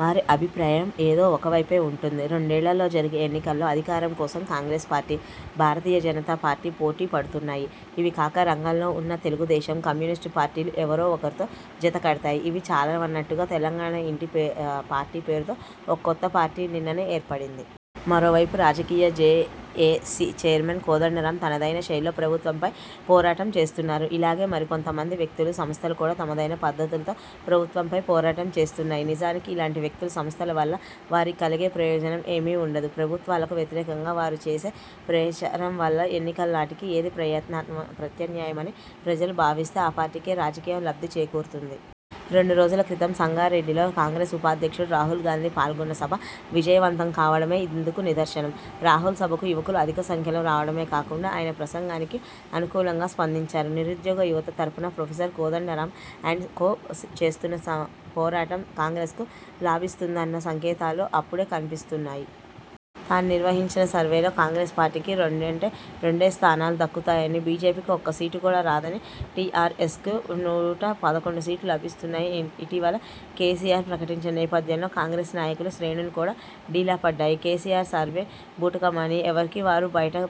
వారి అభిప్రాయం ఏదో ఒకవైపే ఉంటుంది. రెండేళ్లలో జరిగే ఎన్నికలలో అధికారం కోసం కాంగ్రెస్ పార్టీ, భారతీయ జనతా పార్టీ పోటీ పడుతున్నాయి. ఇవికాక రంగంలో ఉన్న తెలుగుదేశం, కమ్యూనిస్టు పార్టీలు ఎవరో ఒకరితో జత కడతాయి. ఇవి చాలవన్నట్టుగా తెలంగాణ ఇంటి పార్టీ పేరుతో ఒక కొత్త పార్టీ నిన్ననే ఏర్పడింది. మరోవైపు రాజకీయ జేఏసీ చైర్మన్ కోదండరామ్ తనదైన శైలిలో ప్రభుత్వంపై పోరాటం చేస్తున్నారు. ఇలాగే మరికొంత మంది వ్యక్తులు, సంస్థలు కూడా తమదైన పద్ధతులలో ప్రభుత్వంపై పోరాటం చేస్తున్నాయి. నిజానికి ఇలాంటి వ్యక్తులు, సంస్థల వల్ల వారికి కలిగే ప్రయోజనం ఏమీ ఉండదు. ప్రభుత్వాలకు వ్యతిరేకంగా వారు చేసే ప్రచారం వల్ల ఎన్నికల నాటికి ఏది ప్రత్యామ్నాయమని ప్రజలు భావిస్తే ఆ పార్టీకే రాజకీయ లబ్ధి చేకూరుతుంది. రెండు రోజుల క్రితం సంగారెడ్డిలో కాంగ్రెస్ ఉపాధ్యక్షుడు రాహుల్ గాంధీ పాల్గొన్న సభ విజయవంతం కావడమే ఇందుకు నిదర్శనం. రాహుల్ సభకు యువకులు అధిక సంఖ్యలో రావడమే కాకుండా ఆయన ప్రసంగానికి అనుకూలంగా స్పందించారు. నిరుద్యోగ యువత తరఫున ప్రొఫెసర్ కోదండరామ్ అండ్ కో చేస్తున్న పోరాటం కాంగ్రెస్కు లాభిస్తున్నదన్న సంకేతాలు అప్పుడే కనిపిస్తున్నాయి. తాను నిర్వహించిన సర్వేలో కాంగ్రెస్ పార్టీకి రెండంటే రెండే స్థానాలు దక్కుతాయనీ, బీజేపీకి ఒక్క సీటు కూడా రాదనీ, టీఆర్ఎస్కు నూట పదకొండు సీట్లు లభిస్తాయనీ ఇటీవల కేసీఆర్ ప్రకటించిన నేపథ్యంలో కాంగ్రెస్ నాయకులు, శ్రేణులు కూడా డీలా పడ్డాయి. కేసీఆర్ సర్వే బూటకమని ఎవరికి వారు బయటకు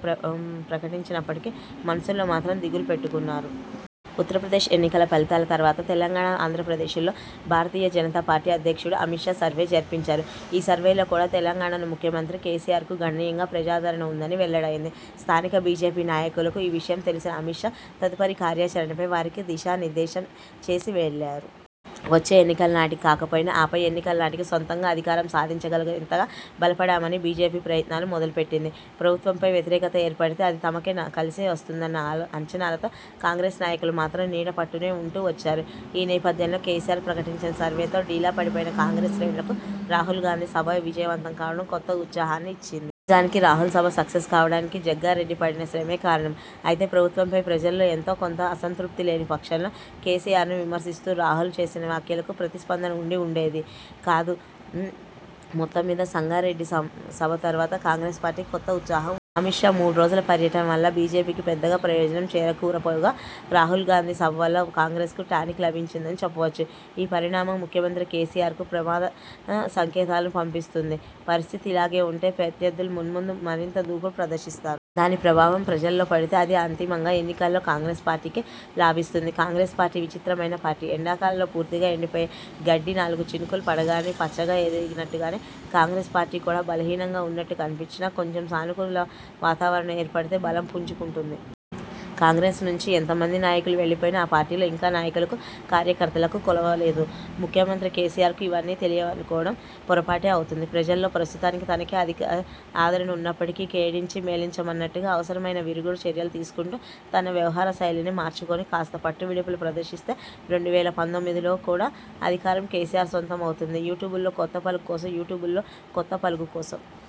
ప్రకటించినప్పటికీ మనస్సుల్లో మాత్రం దిగులు పెట్టుకున్నారు. ఉత్తరప్రదేశ్ ఎన్నికల ఫలితాల తర్వాత తెలంగాణ, ఆంధ్రప్రదేశ్లో భారతీయ జనతా పార్టీ అధ్యక్షుడు అమిత్షా సర్వే జరిపించారు. ఈ సర్వేలో కూడా తెలంగాణలో ముఖ్యమంత్రి కేసీఆర్కు గణనీయంగా ప్రజాదరణ ఉందని వెల్లడయ్యింది. స్థానిక బీజేపీ నాయకులకు ఈ విషయం తెలిపిన అమిత్ షా, తదుపరి కార్యాచరణపై వారికి దిశా నిర్దేశం చేసి వెళ్లారు. వచ్చే ఎన్నికల నాటికి కాకపోయినా ఆపై ఎన్నికల నాటికి సొంతంగా అధికారం సాధించగలిగేంతగా బలపడాలని బీజేపీ ప్రయత్నాలు మొదలుపెట్టింది. ప్రభుత్వంపై వ్యతిరేకత ఏర్పడితే అది తమకే కలిసి వస్తుందన్న అంచనాలతో కాంగ్రెస్ నాయకులు మాత్రం నీడ పట్టునే ఉంటూ వచ్చారు. ఈ నేపథ్యంలో కేసీఆర్ ప్రకటించిన సర్వేతో డీలా పడిపోయిన కాంగ్రెస్ శ్రేణులకు రాహుల్ గాంధీ సభ విజయవంతం కావడం కొత్త ఉత్సాహాన్ని ఇచ్చింది. నిజానికి రాహుల్ సభ సక్సెస్ కావడానికి జగ్గారెడ్డి పడిన శ్రమే కారణం! అయితే ప్రభుత్వంపై ప్రజలలో ఎంతో కొంత అసంతృప్తి లేని పక్షంలో కేసీఆర్ను విమర్శిస్తూ రాహుల్ చేసిన వ్యాఖ్యలకు ప్రతిస్పందన ఉండి ఉండేది కాదు. మొత్తంమీద సంగారెడ్డి సభ తర్వాత కాంగ్రెస్ పార్టీకి కొత్త ఉత్సాహం వచ్చింది. అమిత్ షా మూడు రోజుల పర్యటన వల్ల బీజేపీకి పెద్దగా ప్రయోజనం చేకూరకపోగా రాహుల్ గాంధీ సభ వల్ల కాంగ్రెస్కు టానిక్ లభించిందని చెప్పవచ్చు. ఈ పరిణామం ముఖ్యమంత్రి కేసీఆర్కు ప్రమాద సంకేతాలను పంపిస్తున్నది. పరిస్థితి ఇలాగే ఉంటే ప్రత్యర్థులు మున్ముందు మరింత దూకుడు ప్రదర్శిస్తారు. దాని ప్రభావం ప్రజల్లో పడితే అది అంతిమంగా ఎన్నికలలో కాంగ్రెస్ పార్టీకే లాభిస్తుంది. కాంగ్రెస్ పార్టీ విచిత్రమైన పార్టీ. ఎండాకాలంలో పూర్తిగా ఎండిపోయే గడ్డి నాలుగు చినుకులు పడగానే పచ్చగా ఎదిగినట్టుగానే కాంగ్రెస్ పార్టీ కూడా బలహీనంగా ఉన్నట్టు కనిపించినా, కొంచెం సానుకూల వాతావరణం ఏర్పడితే బలం పుంజుకుంటుంది. కాంగ్రెస్ నుంచి ఎంత మంది నాయకులు వెళ్లిపోయినా ఆ పార్టీలో ఇంకా నాయకులకు, కార్యకర్తలకు కొదవ లేదు. ముఖ్యమంత్రి కేసీఆర్కు ఇవన్నీ తెలియవనుకోవడం పొరపాటే అవుతుంది. ప్రజలలో ప్రస్తుతానికి తనకే అధిక ఆదరణ ఉన్నప్పటికీ, కీడెంచి మేలెంచాలన్నట్టుగా అవసరమైన విరుగుడు చర్యలు తీసుకుంటూ తన వ్యవహార శైలిని మార్చుకుని, కాస్త పట్టువిడుపులు ప్రదర్శిస్తే రెండు వేల పంతొమ్మిదిలో కూడా అధికారం కేసీఆర్ సొంతం అవుతుంది! యూట్యూబ్లో 'కొత్త పలుకు' కోసం యూట్యూబ్లో 'కొత్త పలుకు' కోసం